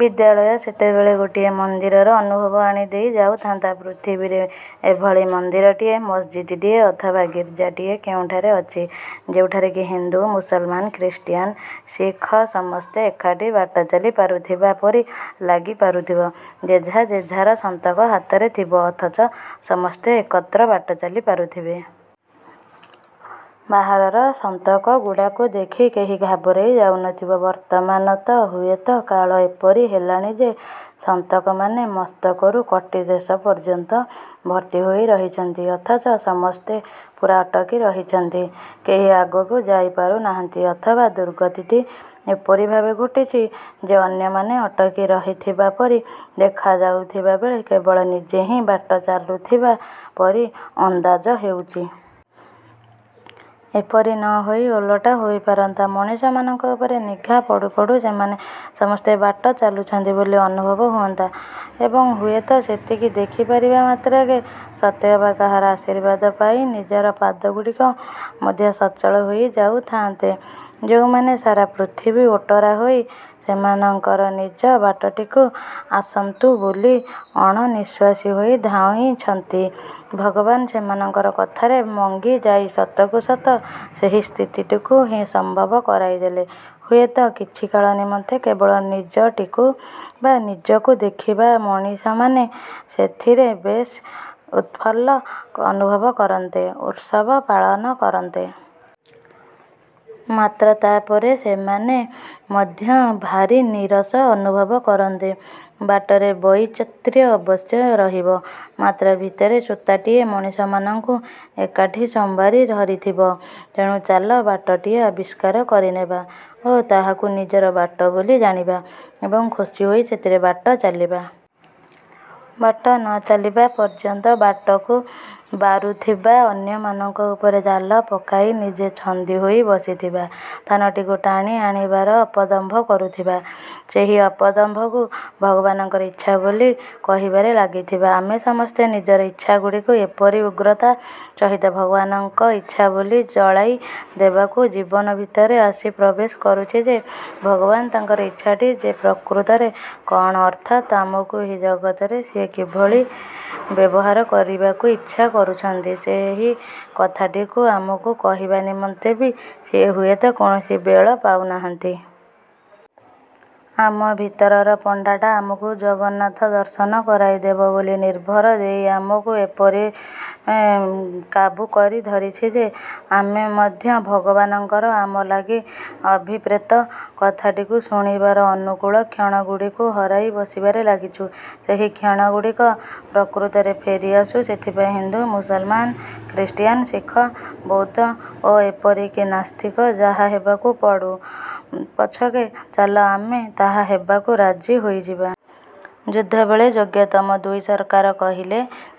ବିଦ୍ୟାଳୟ ସେତେବେଳେ ଗୋଟିଏ ମନ୍ଦିରର ଅନୁଭବ ଆଣିଦେଇ ଯାଉଥାନ୍ତା। ପୃଥିବୀରେ ଏଭଳି ମନ୍ଦିରଟିଏ, ମସଜିଦ୍ଟିଏ ଅଥବା ଗୀର୍ଜାଟିଏ କେଉଁଠାରେ ଅଛି, ଯେଉଁଠାରେ କି ହିନ୍ଦୁ, ମୁସଲମାନ, ଖ୍ରୀଷ୍ଟିଆନ, ଶିଖ ସମସ୍ତେ ଏକାଠି ବାଟ ଚାଲି ପାରୁଥିବା ପରି ଲାଗି ପାରୁଥିବ? ଯେଝା ଯେଝାର ସନ୍ତକ ହାତରେ ଥିବ ଅଥଚ ସମସ୍ତେ ଏକତ୍ର ବାଟ ଚାଲି ପାରୁଥିବେ? ବାହାରର ସନ୍ତକଗୁଡ଼ାକୁ ଦେଖି କେହି ଘାବରେଇ ଯାଉନଥିବ। ବର୍ତ୍ତମାନ ତ ହୁଏତ କାଳ ଏପରି ହେଲାଣି ଯେ ସନ୍ତକମାନେ ମସ୍ତକରୁ କଟିଦେଶ ପର୍ଯ୍ୟନ୍ତ ଭର୍ତ୍ତି ହୋଇ ରହିଛନ୍ତି ଅଥଚ ସମସ୍ତେ ପୂରା ଅଟକି ରହିଛନ୍ତି, କେହି ଆଗକୁ ଯାଇପାରୁ ନାହାନ୍ତି। ଅଥବା ଦୁର୍ଗତିଟି ଏପରି ଭାବେ ଘୋଟିଛି ଯେ ଅନ୍ୟମାନେ ଅଟକି ରହିଥିବା ପରି ଦେଖାଯାଉଥିବା ବେଳେ କେବଳ ନିଜେ ହିଁ ବାଟ ଚାଲୁଥିବା ପରି ଅନ୍ଦାଜ ହେଉଛି। ଏପରି ନ ହୋଇ ଓଲଟା ହୋଇପାରନ୍ତା, ମଣିଷମାନଙ୍କ ଉପରେ ନିଘା ପଡୁ ପଡୁ ସେମାନେ ସମସ୍ତେ ବାଟ ଚାଲୁଛନ୍ତି ବୋଲି ଅନୁଭବ ହୁଅନ୍ତା ଏବଂ ହୁଏତ ସେତିକି ଦେଖିପାରିବା ମାତ୍ରକେ ସତେଅବା କାହାର ଆଶୀର୍ବାଦ ପାଇ ନିଜର ପାଦଗୁଡ଼ିକ ମଧ୍ୟ ସଚଳ ହୋଇ ଯାଉଥାଆନ୍ତେ। ଯେଉଁମାନେ ସାରା ପୃଥିବୀ ଓଟରା ହୋଇ ସେମାନଙ୍କର ନିଜ ବାଟଟିକୁ ଆସନ୍ତୁ ବୋଲି ଅଣନିଃଶ୍ୱାସୀ ହୋଇ ଧାଇଁଛନ୍ତି, ଭଗବାନ ସେମାନଙ୍କର କଥାରେ ମଙ୍ଗିଯାଇ ସତକୁ ସତ ସେହି ସ୍ଥିତିଟିକୁ ହିଁ ସମ୍ଭବ କରାଇଦେଲେ ହୁଏତ କିଛିକାଳ ନିମନ୍ତେ କେବଳ ନିଜଟିକୁ ବା ନିଜକୁ ଦେଖୁଥିବା ମଣିଷମାନେ ସେଥିରେ ବେଶ୍ ଉତ୍ଫୁଲ୍ଲ ଅନୁଭବ କରନ୍ତେ, ଉତ୍ସବ ପାଳନ କରନ୍ତେ। ମାତ୍ର ତାପରେ ସେମାନେ ମଧ୍ୟ ଭାରି ନୀରସ ଅନୁଭବ କରନ୍ତେ। ବାଟରେ ବୈଚିତ୍ର୍ୟ ଅବଶ୍ୟ ରହିବ, ମାତ୍ର ଭିତରେ ସୂତାଟିଏ ମଣିଷମାନଙ୍କୁ ଏକାଠି ସମ୍ଭାରି ଧରିଥିବ। ତେଣୁ ଚାଲ ବାଟଟିଏ ଆବିଷ୍କାର କରିନେବା ଓ ତାହାକୁ ନିଜର ବାଟ ବୋଲି ଜାଣିବା ଏବଂ ଖୁସି ହୋଇ ସେଥିରେ ବାଟ ଚାଲିବା। ବାଟ ନ ଚାଲିବା ପର୍ଯ୍ୟନ୍ତ ବାଟକୁ ବାରୁଥିବା, ଅନ୍ୟମାନଙ୍କ ଉପରେ ଜାଲ ପକାଇ ନିଜେ ଛନ୍ଦିହୋଇ ବସିଥିବା ଥାନଟିକୁ ଟାଣି ଆଣିବାର ଅପଦମ୍ଭ କରୁଥିବା। ସେହି ଅପଦମ୍ଭକୁ ଭଗବାନଙ୍କର ଇଚ୍ଛା ବୋଲି କହିବାରେ ଲାଗିଥିବା। ଆମେ ସମସ୍ତେ ନିଜର ଇଚ୍ଛାଗୁଡ଼ିକୁ ଏପରି ଉଗ୍ରତା ସହିତ ଭଗବାନଙ୍କ ଇଚ୍ଛା ବୋଲି ଚଳାଇ ଦେବାକୁ ଜୀବନ ଭିତରେ ଆସି ପ୍ରବେଶ କରିଛୁ ଯେ ଭଗବାନ ତାଙ୍କର ଇଚ୍ଛାଟି ଯେ ପ୍ରକୃତରେ କଣ ଅର୍ଥାତ୍ ଆମକୁ ଏହି ଜଗତରେ ସିଏ କିଭଳି ବ୍ୟବହାର କରିବାକୁ ଇଚ୍ଛା କରୁଛନ୍ତି ସେହି କଥାଟିକୁ ଆମକୁ କହିବା ନିମନ୍ତେ ବି ସିଏ ହୁଏତ କୌଣସି ବେଳ ପାଉନାହାନ୍ତି। ଆମ ଭିତରର ପଣ୍ଡାଟା ଆମକୁ ଜଗନ୍ନାଥ-ଦର୍ଶନ କରାଇଦେବ ବୋଲି ନିର୍ଭର ଦେଇ ଆମକୁ ଏପରି କାବୁକରି ଧରିଛି ଯେ, ଆମେ ମଧ୍ୟ ଭଗବାନଙ୍କର ଆମ ଲାଗି ଅଭିପ୍ରେତ କଥାଟିକୁ ଶୁଣିବାର ଅନୁକୂଳ କ୍ଷଣଗୁଡ଼ିକୁ ହରାଇ ବସିବାରେ ଲାଗିଛୁ। ସେହି କ୍ଷଣଗୁଡ଼ିକ ପ୍ରକୃତରେ ଫେରିଆସୁ। ସେଥିପାଇଁ ହିନ୍ଦୁ, ମୁସଲମାନ, ଖ୍ରୀଷ୍ଟିଆନ, ଶିଖ, ବୌଦ୍ଧ ଓ ଏପରିକି ନାସ୍ତିକ ଯାହା ହେବାକୁ ପଡ଼ୁ ପଛକେ, ଚାଲ ଆମେ ତାହା ହେବାକୁ ରାଜି ହୋଇଯିବା। ଯୁଦ୍ଧବେଳେ ଯୋଗ୍ୟତମ ଦୁଇ ସରକାର କହିଲେ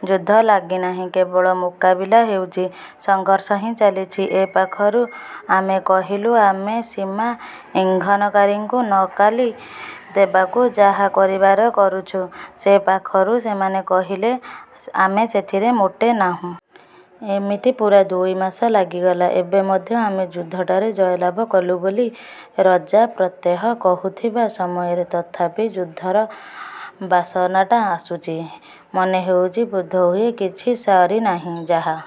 ଯୁଦ୍ଧ ଲାଗି ନାହିଁ, କେବଳ ମୁକାବିଲା ହେଉଛି, ସଂଘର୍ଷ ହିଁ ଚାଲିଛି ଏପାଖରୁ ଆମେ କହିଲୁ ଆମେ ସୀମା ଇଂଘନକାରୀଙ୍କୁ ନିକାଲି ଦେବାକୁ ଯାହା କରିବାର କରୁଛୁ, ସେ ପାଖରୁ ସେମାନେ କହିଲେ, ଆମେ ସେଥିରେ ମୋଟେ ନାହୁଁ। ଏମିତି ପୂରା ଦୁଇମାସ ଲାଗିଗଲା। ଏବେ ମଧ୍ୟ ଆମେ ଯୁଦ୍ଧଟାରେ ଜୟଲାଭ କଲୁ ବୋଲି ରଜା ପ୍ରତ୍ୟହ କହୁଥିବା ସମୟରେ ତଥାପି ଯୁଦ୍ଧର ବାସନାଟା ଆସୁଛି। ମନେହେଉଛି, ବୋଧହୁଏ କିଛି ସରିନାହିଁ। ଯାହା